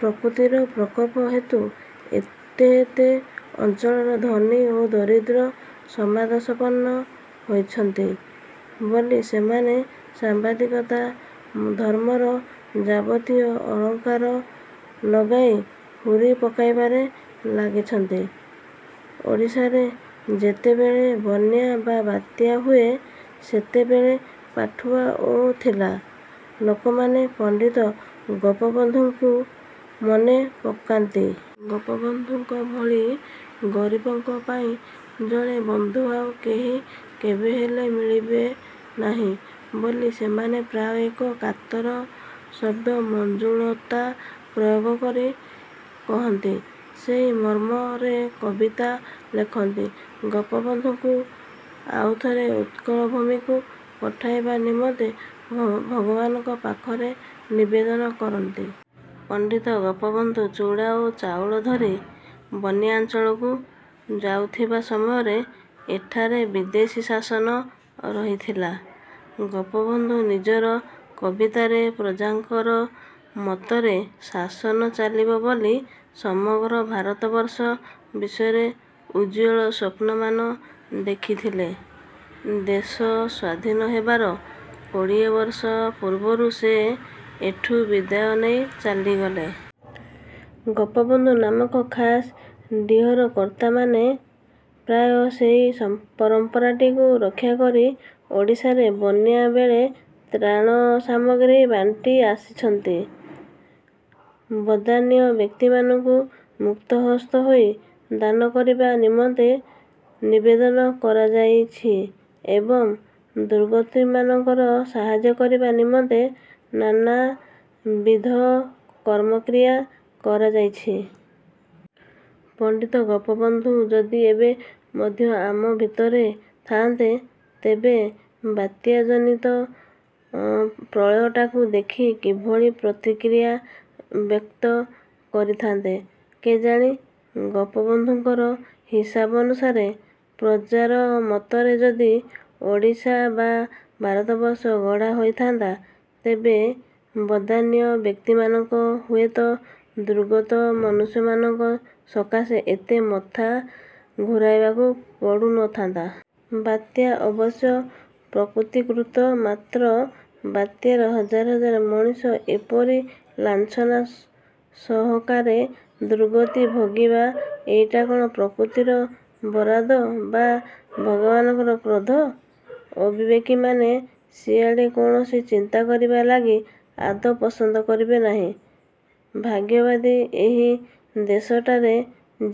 ପ୍ରକୃତିର ପ୍ରକୋପ ହେତୁ ଏତେ ଏତେ ଅଞ୍ଚଳର ଧନୀ ଓ ଦରିଦ୍ର ସମଦଶାପନ୍ନ ହୋଇଛନ୍ତି ବୋଲି ସେମାନେ ସାମ୍ବାଦିକତା-ଧର୍ମର ଯାବତୀୟ ଅଳଙ୍କାର ଲଗାଇ ହୁରି ପକାଇବାରେ ଲାଗିଛନ୍ତି। ଓଡ଼ିଶାରେ ଯେତେବେଳେ ବନ୍ୟା ବା ବାତ୍ୟା ହୁଏ, ସେତେବେଳେ ପାଠୁଆ ଓ ଥିଲା ଲୋକମାନେ ପଣ୍ଡିତ ଗୋପବନ୍ଧୁଙ୍କୁ ମନେପକାନ୍ତି। ଗୋପବନ୍ଧୁଙ୍କ ଭଳି ଗରିବଙ୍କ ପାଇଁ ଜଣେ ବନ୍ଧୁ ଆଉ କେହି କେବେହେଲେ ମିଳିବେ ନାହିଁ ବୋଲି ସେମାନେ ପ୍ରାୟ ଏକ କାତର ଶବ୍ଦମଞ୍ଜୁଳତା ପ୍ରୟୋଗ କରି କହନ୍ତି। ସେହି ମର୍ମରେ କବିତା ଲେଖନ୍ତି। ଗୋପବନ୍ଧୁଙ୍କୁ ଆଉଥରେ ଉତ୍କଳ ଭୂମିକୁ ପଠାଇବା ନିମନ୍ତେ ଭଗବାନଙ୍କ ପାଖରେ ନିବେଦନ କରନ୍ତି। ପଣ୍ଡିତ ଗୋପବନ୍ଧୁ ଚୂଡ଼ା ଓ ଚାଉଳ ଧରି ବନ୍ୟାଞ୍ଚଳକୁ ଯାଉଥିବା ସମୟରେ ଏଠାରେ ବିଦେଶୀ ଶାସନ ରହିଥିଲା। ଗୋପବନ୍ଧୁ ନିଜର କବିତାରେ ପ୍ରଜାଙ୍କର ମତରେ ଶାସନ ଚାଲିବ ବୋଲି ସମଗ୍ର ଭାରତବର୍ଷ ବିଷୟରେ ଉଜ୍ଜ୍ୱଳ ସ୍ଵପ୍ନମାନ ଦେଖିଥିଲେ। ଦେଶ ସ୍ଵାଧୀନ ହେବାର କୋଡ଼ିଏ ବର୍ଷ ପୂର୍ବରୁ ସେ ଏଠୁ ବିଦାୟ ନେଇ ଚାଲିଗଲେ। ଗୋପବନ୍ଧୁ ନାମକ ଖାସ୍ ଡ଼ିହର କର୍ତ୍ତାମାନେ ପ୍ରାୟ ସେହି ପରମ୍ପରାଟିକୁ ରକ୍ଷାକରି ଓଡ଼ିଶାରେ ବନ୍ୟା ବେଳେ ତ୍ରାଣ ସାମଗ୍ରୀ ବାଣ୍ଟି ଆସିଛନ୍ତି। ବଦାନ୍ୟ ବ୍ୟକ୍ତିମାନଙ୍କୁ ମୁକ୍ତହସ୍ତ ହୋଇ ଦାନ କରିବା ନିମନ୍ତେ ନିବେଦନ କରାଯାଇଛି ଏବଂ ଦୁର୍ଗତମାନଙ୍କର ସାହାଯ୍ୟ କରିବା ନିମନ୍ତେ ନାନାବିଧ କର୍ମକ୍ରିୟା କରାଯାଇଛି। ପଣ୍ଡିତ ଗୋପବନ୍ଧୁ ଯଦି ଏବେ ମଧ୍ୟ ଆମ ଭିତରେ ଥାଆନ୍ତେ, ତେବେ ବାତ୍ୟାଜନିତ ପ୍ରଳୟଟାକୁ ଦେଖି କିଭଳି ପ୍ରତିକ୍ରିୟା ବ୍ୟକ୍ତ କରିଥାଆନ୍ତେ କେଜାଣି? ଗୋପବନ୍ଧୁଙ୍କର ହିସାବ ଅନୁସାରେ, ପ୍ରଜାର ମତରେ ଯଦି ଓଡ଼ିଶା ବା ଭାରତବର୍ଷ ଗଢ଼ା ହୋଇଥାନ୍ତା, ତେବେ ବଦାନ୍ୟ ବ୍ୟକ୍ତିମାନଙ୍କୁ ହୁଏତ ଦୁର୍ଗତ ମନୁଷ୍ୟମାନଙ୍କ ସକାଶେ ଏତେ ମଥା ଘୁରାଇବାକୁ ପଡୁନଥାନ୍ତା। ବାତ୍ୟା ଅବଶ୍ୟ ପ୍ରକୃତିକୃତ। ମାତ୍ର ବାତ୍ୟାରେ ହଜାର ହଜାର ମଣିଷ ଏପରି ଲାଞ୍ଛନା ସହକାରେ ଦୁର୍ଗତି ଭୋଗିବା, ଏଇଟା କ'ଣ ପ୍ରକୃତିର ବରାଦ ବା ଭଗବାନଙ୍କର କ୍ରୋଧ? ଅବିବେକୀମାନେ ସିଆଡ଼େ କୌଣସି ଚିନ୍ତା କରିବା ଲାଗି ଆଦୌ ପସନ୍ଦ କରିବେ ନାହିଁ। ଭାଗ୍ୟବାଦୀ ଏହି ଦେଶଟାରେ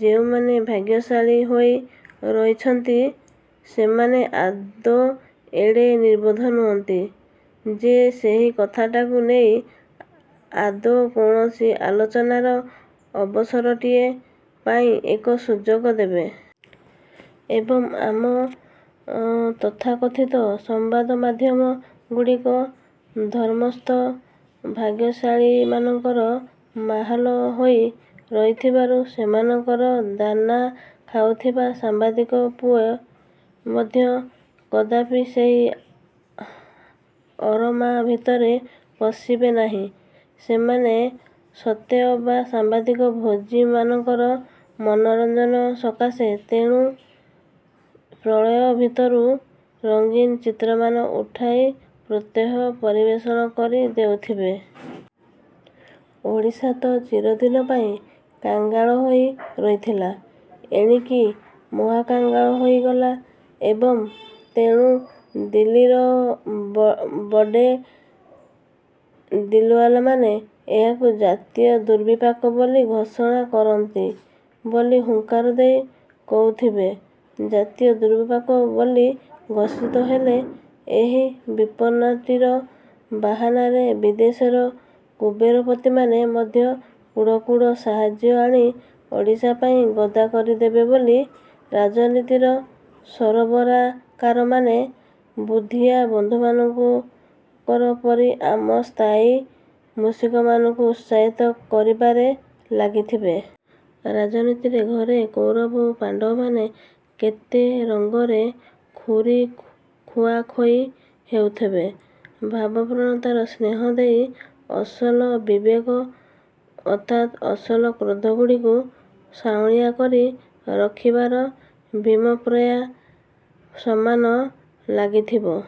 ଯେଉଁମାନେ ଭାଗ୍ୟଶାଳୀ ହୋଇ ରହିଛନ୍ତି, ସେମାନେ ଆଦୌ ଏଡ଼େ ନିର୍ବୋଧ ନୁହନ୍ତି ଯେ ସେହି କଥାଟାକୁ ନେଇ ଆଦୌ କୌଣସି ଆଲୋଚନାର ଅବସରଟିଏ ପାଇଁ ଏକ ସୁଯୋଗ ଦେବେ। ଏବଂ, ଆମ ତଥାକଥିତ ସମ୍ବାଦମାଧ୍ୟମ ଗୁଡ଼ିକ ଧର୍ମତଃ ଭାଗ୍ୟଶାଳୀମାନଙ୍କର ମାହାଲ ହୋଇ ରହିଥିବାରୁ ସେମାନଙ୍କର ଦାନା ଖାଉଥିବା ସାମ୍ବାଦିକ ପୁଏ ମଧ୍ୟ କଦାପି ସେହି ଅରମା ଭିତରେ ପଶିବେ ନାହିଁ। ସେମାନେ ସତେଅବା ସମ୍ବାଦଭୋଜୀ ମାନଙ୍କର ମନୋରଞ୍ଜନ ସକାଶେ ତେଣୁ ପ୍ରଳୟ ଭିତରୁ ରଙ୍ଗୀନ ଚିତ୍ରମାନ ଉଠାଇ ପ୍ରତ୍ୟହ ପରିବେଷଣ କରି ଦେଉଥିବେ। ଓଡ଼ିଶା ତ ଚିରଦିନ ପାଇଁ କାଙ୍ଗଳ ହୋଇ ରହିଥିଲା, ଏଣିକି ମହାକାଙ୍ଗାଳ ହୋଇଗଲା ଏବଂ ତେଣୁ ଦିଲ୍ଲୀର ବଡ଼େ ଦିଲ୍ବାଲାମାନେ ଏହାକୁ ଜାତୀୟ ଦୁର୍ବିପାକ ବୋଲି ଘୋଷଣା କରନ୍ତୁ ବୋଲି ହୁଙ୍କାର ଦେଇ କହୁଥିବେ। ଜାତୀୟ ଦୁର୍ବିପାକ ବୋଲି ଘୋଷିତ ହେଲେ ଏହି ବିପନ୍ନତାଟିର ବାହାନାରେ ବିଦେଶର କୁବେରପତିମାନେ ମଧ୍ୟ କୁଢ଼ କୁଢ଼ ସାହାଯ୍ୟ ଆଣି ଓଡ଼ିଶା ପାଇଁ ଗଦା କରିଦେବେ ବୋଲି ରାଜନୀତିର ସରବରାକାରମାନେ ବୁଦ୍ଧିଆ ବନ୍ଧୁମାନଙ୍କ ପରି ଆମ ସ୍ଥାନୀୟ ମୂଷିକମାନଙ୍କୁ ଉତ୍ସାହିତ କରିବାରେ ଲାଗିଥିବେ। ରାଜନୀତି ଘରେ କୌରବ ଓ ପାଣ୍ଡବମାନେ କେତେ ରଙ୍ଗରେ ଖୁରି ଖୁଆଖୋଇ ହେଉଥିବେ। ଭାବପ୍ରବଣତାର ସ୍ନେହ ଦେଇ ଅସଲ ବିବେକ ଅର୍ଥାତ୍ ଅସଲ କ୍ରୋଧଗୁଡ଼ିକୁ ସାଉଁଳିଆ କରି ରଖିବାର ଭୀମପ୍ରୟା ସମାନ ଲାଗିଥିବ।